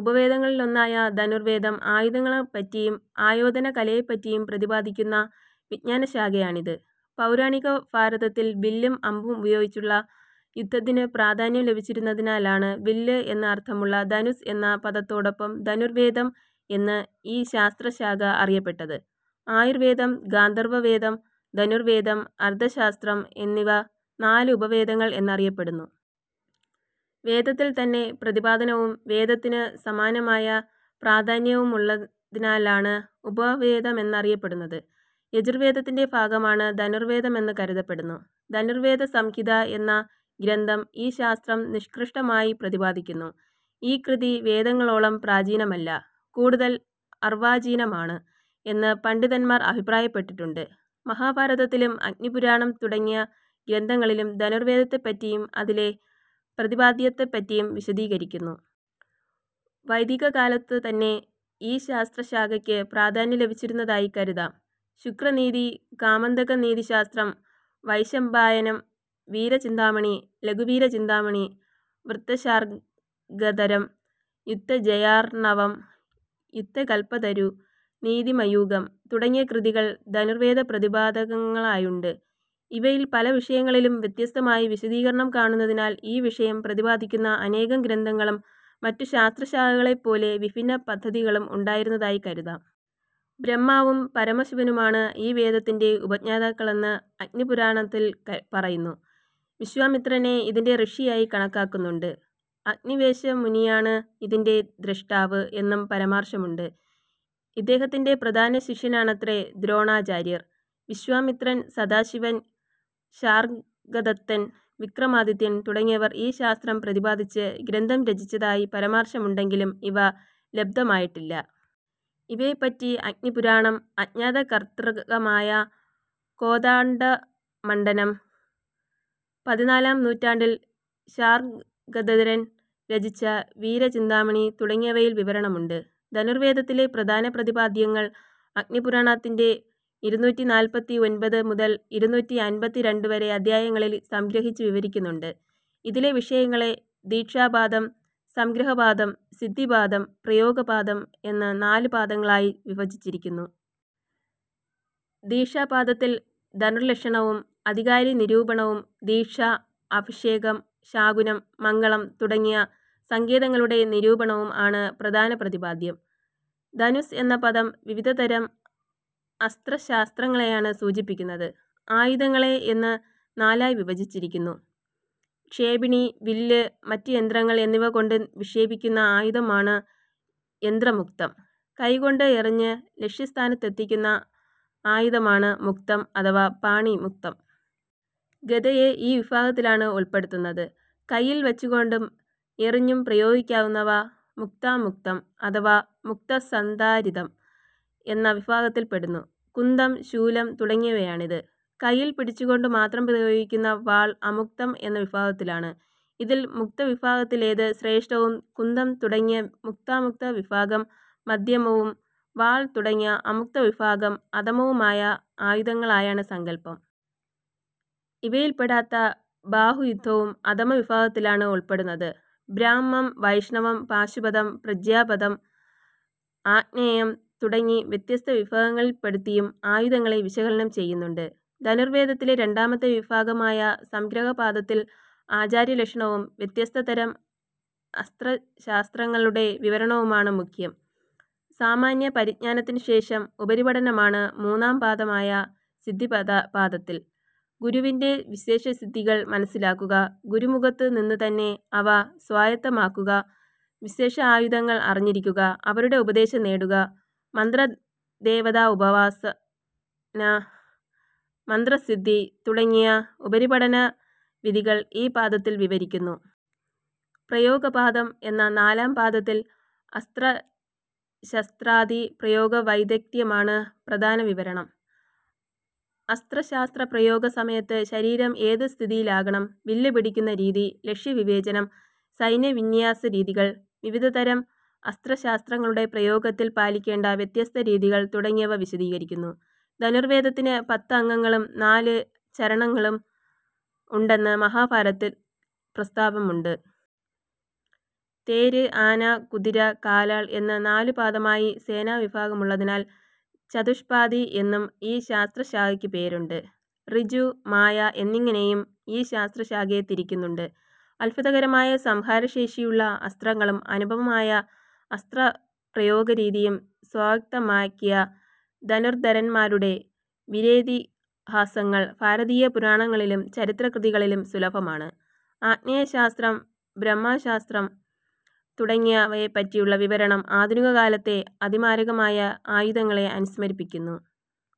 ഉപവേദങ്ങളിലൊന്നായ ധനുർവേദം ആയുധങ്ങളെപ്പറ്റിയും ആയോധനകലയെപ്പറ്റിയും പ്രതിപാദിക്കുന്ന വിജ്ഞാനശാഖയാണിത്. പൗരാണിക ഭാരതത്തിൽ വില്ലും അമ്പും ഉപയോഗിച്ചുള്ള യുദ്ധത്തിനു പ്രാധാന്യം ലഭിച്ചിരുന്നതിനാലാണ് വില്ല് എന്ന് അർഥമുള്ള ധനുസ്സ് എന്ന പദത്തോടൊപ്പം ധനുർവേദം എന്ന് ഈ ശാസ്ത്രശാഖ അറിയപ്പെട്ടത്. ആയുർവേദം, ഗാന്ധർവവേദം, ധനുർവേദം, അർഥശാസ്ത്രം എന്നിവ നാല് ഉപവേദങ്ങൾ എന്ന് അറിയപ്പെടുന്നു. വേദത്തിൽത്തന്നെ പ്രതിപാദനവും വേദത്തിനു സമാനമായ പ്രാധാന്യവുമുള്ളതിനാലാണ് ഉപവേദമെന്നറിയപ്പെടുന്നത്. യജുർവേദത്തിൻ്റെ ഭാഗമാണ് ധനുർവേദമെന്ന് കരുതപ്പെടുന്നു. ധനുർവേദസംഹിത എന്ന ഗ്രന്ഥം ഈ ശാസ്ത്രം നിഷ്കൃഷ്ടമായി പ്രതിപാദിക്കുന്നു. ഈ കൃതി വേദങ്ങളോളം പ്രാചീനമല്ല, കൂടുതൽ അർവാചീനമാണ് എന്ന് പണ്ഡിതന്മാർ അഭിപ്രായപ്പെട്ടിട്ടുണ്ട്. മഹാഭാരതത്തിലും അഗ്നിപുരാണം തുടങ്ങിയ ഗ്രന്ഥങ്ങളിലും ധനുർവേദത്തെപ്പറ്റിയും അതിലെ പ്രതിപാദ്യത്തെപ്പറ്റിയും വിശദീകരിക്കുന്നു. വൈദികകാലത്തു തന്നെ ഈ ശാസ്ത്ര ശാഖയ്ക്ക് പ്രാധാന്യം ലഭിച്ചിരുന്നതായി കരുതാം. ശുക്രനീതി, കാമന്ദകനീതിശാസ്ത്രം, വൈശമ്പായനം, വീരചിന്താമണി, ലഘുവീരചിന്താമണി, വൃദ്ധശാർങ്ഗധരം, യുദ്ധജയാർണവം, യുദ്ധകല്പതരു, നീതിമയൂഖം തുടങ്ങിയ കൃതികൾ ധനുർവേദപ്രതിപാദകങ്ങളായുണ്ട്. ഇവയിൽ പല വിഷയങ്ങളിലും വ്യത്യസ്തമായി വിശദീകരണം കാണുന്നതിനാൽ ഈ വിഷയം പ്രതിപാദിക്കുന്ന അനേകം ഗ്രന്ഥങ്ങളും മറ്റു ശാസ്ത്രശാഖകളെപ്പോലെ വിഭിന്ന പദ്ധതികളും ഉണ്ടായിരുന്നതായി കരുതാം. ബ്രഹ്മാവും പരമശിവനുമാണ് ഈ വേദത്തിൻ്റെ ഉപജ്ഞാതാക്കളെന്ന് അഗ്നിപുരാണത്തിൽ പറയുന്നു. വിശ്വാമിത്രനെ ഇതിൻ്റെ ഋഷിയായി കണക്കാക്കുന്നുണ്ട്. അഗ്നിവേശമുനിയാണ് ഇതിൻ്റെ ദ്രഷ്ടാവ് എന്നും പരാമർശമുണ്ട്. ഇദ്ദേഹത്തിൻ്റെ പ്രധാന ശിഷ്യനാണത്രെ ദ്രോണാചാര്യർ. വിശ്വാമിത്രൻ, സദാശിവൻ, ശാർങ്ഗദത്തൻ, വിക്രമാദിത്യൻ തുടങ്ങിയവർ ഈ ശാസ്ത്രം പ്രതിപാദിച്ച് ഗ്രന്ഥം രചിച്ചതായി പരാമർശമുണ്ടെങ്കിലും ഇവ ലബ്ധമായിട്ടില്ല. ഇവയെപ്പറ്റി അഗ്നിപുരാണം, അജ്ഞാതകർതൃകമായ കോദണ്ഡമണ്ഡനം, പതിനാലാം നൂറ്റാണ്ടിൽ ശാർങ്ഗധരൻ രചിച്ച വീരചിന്താമണി തുടങ്ങിയവയിൽ വിവരണമുണ്ട്. ധനുർവേദത്തിലെ പ്രധാന പ്രതിപാദ്യങ്ങൾ അഗ്നിപുരാണത്തിൻ്റെ ഇരുന്നൂറ്റി നാല്പത്തി ഒൻപത് മുതൽ ഇരുന്നൂറ്റി അൻപത്തി രണ്ട് വരെ അധ്യായങ്ങളിൽ സംഗ്രഹിച്ചു വിവരിക്കുന്നുണ്ട്. ഇതിലെ വിഷയങ്ങളെ ദീക്ഷാപാദം, സംഗ്രഹപാദം, സിദ്ധിപാദം, പ്രയോഗപാദം എന്ന് നാല് പാദങ്ങളായി വിഭജിച്ചിരിക്കുന്നു. ദീക്ഷാപാദത്തിൽ ധനുർലക്ഷണവും അധികാരി നിരൂപണവും ദീക്ഷ, അഭിഷേകം, ശാകുനം, മംഗളം തുടങ്ങിയ സങ്കേതങ്ങളുടെ നിരൂപണവും ആണ് പ്രധാന പ്രതിപാദ്യം. ധനുസ്സ് എന്ന പദം വിവിധതരം അസ്ത്രശാസ്ത്രങ്ങളെയാണ് സൂചിപ്പിക്കുന്നത്. ആയുധങ്ങളെ എന്ന് നാലായി വിഭജിച്ചിരിക്കുന്നു. ക്ഷേപിണി, വില്ല്, മറ്റ് യന്ത്രങ്ങൾ എന്നിവകൊണ്ടു വിക്ഷേപിക്കുന്ന ആയുധമാണ് യന്ത്രമുക്തം. കൈകൊണ്ട് എറിഞ്ഞു ലക്ഷ്യസ്ഥാനത്തെത്തിക്കുന്ന ആയുധമാണ് മുക്തം അഥവാ പാണിമുക്തം. ഗദയെ ഈ വിഭാഗത്തിലാണ് ഉൾപ്പെടുത്തുന്നത്. കൈയിൽ വച്ചുകൊണ്ടും എറിഞ്ഞും പ്രയോഗിക്കാവുന്നവ മുക്താമുക്തം അഥവാ മുക്തസന്ധാരിതം എന്ന വിഭാഗത്തിൽപ്പെടുന്നു. കുന്തം, ശൂലം തുടങ്ങിയവയാണിത്. കൈയിൽ പിടിച്ചുകൊണ്ടു മാത്രം പ്രയോഗിക്കുന്ന വാൾ അമുക്തം എന്ന വിഭാഗത്തിലാണ്. ഇതിൽ മുക്തവിഭാഗത്തിലേത് ശ്രേഷ്ഠവും കുന്തം തുടങ്ങിയ മുക്താമുക്ത വിഭാഗം മധ്യമവും വാൾ തുടങ്ങിയ അമുക്തവിഭാഗം അധമവുമായ ആയുധങ്ങളായാണ് സങ്കല്പം. ഇവയിൽപ്പെടാത്ത ബാഹുയുദ്ധവും അധമ വിഭാഗത്തിലാണ് ഉൾപ്പെടുന്നത്. ബ്രാഹ്മം, വൈഷ്ണവം, പാശുപതം, പ്രാജാപത്യം, ആഗ്നേയം തുടങ്ങി വ്യത്യസ്ത വിഭാഗങ്ങളിൽപ്പെടുത്തിയും ആയുധങ്ങളെ വിശകലനം ചെയ്യുന്നുണ്ട്. ധനുർവേദത്തിലെ രണ്ടാമത്തെ വിഭാഗമായ സംഗ്രഹപാദത്തിൽ ആചാര്യലക്ഷണവും വ്യത്യസ്ത തരം അസ്ത്രശസ്ത്രങ്ങളുടെ വിവരണവുമാണ് മുഖ്യം. സാമാന്യപരിജ്ഞാനത്തിനുശേഷം ഉപരിപഠനമാണ് മൂന്നാം പാദമായ സിദ്ധിപാദത്തിൽ. ഗുരുവിൻ്റെ വിശേഷസിദ്ധികൾ മനസ്സിലാക്കുക; ഗുരുമുഖത്തു നിന്നുതന്നെ അവ സ്വായത്തമാക്കുക, വിശേഷ ആയുധങ്ങൾ അറിഞ്ഞിരിക്കുക, അവരുടെ ഉപദേശം നേടുക, മന്ത്രദേവതാഉപാസന, മന്ത്രസിദ്ധി തുടങ്ങിയ ഉപരിപഠന വിധികൾ ഈ പാദത്തിൽ വിവരിക്കുന്നു. പ്രയോഗപാദം എന്ന നാലാം പാദത്തിൽ അസ്ത്രശസ്ത്രാദി പ്രയോഗവൈദഗ്ദ്ധ്യമാണ് പ്രധാന വിവരണം. അസ്ത്ര ശാസ്ത്ര പ്രയോഗ സമയത്ത് ശരീരം ഏതു സ്ഥിതിയിലാകണം, വില്ല് പിടിക്കുന്ന രീതി, ലക്ഷ്യവിവേചനം, സൈന്യവിന്യാസരീതികൾ, വിവിധതരം അസ്ത്ര ശാസ്ത്രങ്ങളുടെ പ്രയോഗത്തിൽ പാലിക്കേണ്ട വ്യത്യസ്ത രീതികൾ തുടങ്ങിയവ വിശദീകരിക്കുന്നു. ധനുർവേദത്തിന് പത്ത് അംഗങ്ങളും നാല് ചരണങ്ങളും ഉണ്ടെന്ന് മഹാഭാരതത്തിൽ പ്രസ്താവമുണ്ട്. തേര്, ആന, കുതിര, കാലാൾ എന്ന് നാലു പാദമായി സേനാവിഭാഗമുള്ളതിനാൽ ചതുഷ്പാദി എന്നും ഈ ശാസ്ത്രശാഖയ്ക്കു പേരുണ്ട്. ഋജു, മായ എന്നിങ്ങനെയും ഈ ശാസ്ത്രശാഖയെ തിരിക്കുന്നുണ്ട്. അത്ഭുതകരമായ സംഹാരശേഷിയുള്ള അസ്ത്രങ്ങളും അനുപമമായ അസ്ത്രപ്രയോഗരീതികളും സ്വായത്തമാക്കിയ ധനുർധരന്മാരുടെ വീരേതിഹാസങ്ങൾ ഭാരതീയ പുരാണങ്ങളിലും ചരിത്ര കൃതികളിലും സുലഭമാണ്. ആഗ്നേയാസ്ത്രം, ബ്രഹ്മാസ്ത്രം തുടങ്ങിയവയെപ്പറ്റിയുള്ള വിവരണം ആധുനികകാലത്തെ അതിമാരകമായ ആയുധങ്ങളെ അനുസ്മരിപ്പിക്കുന്നു.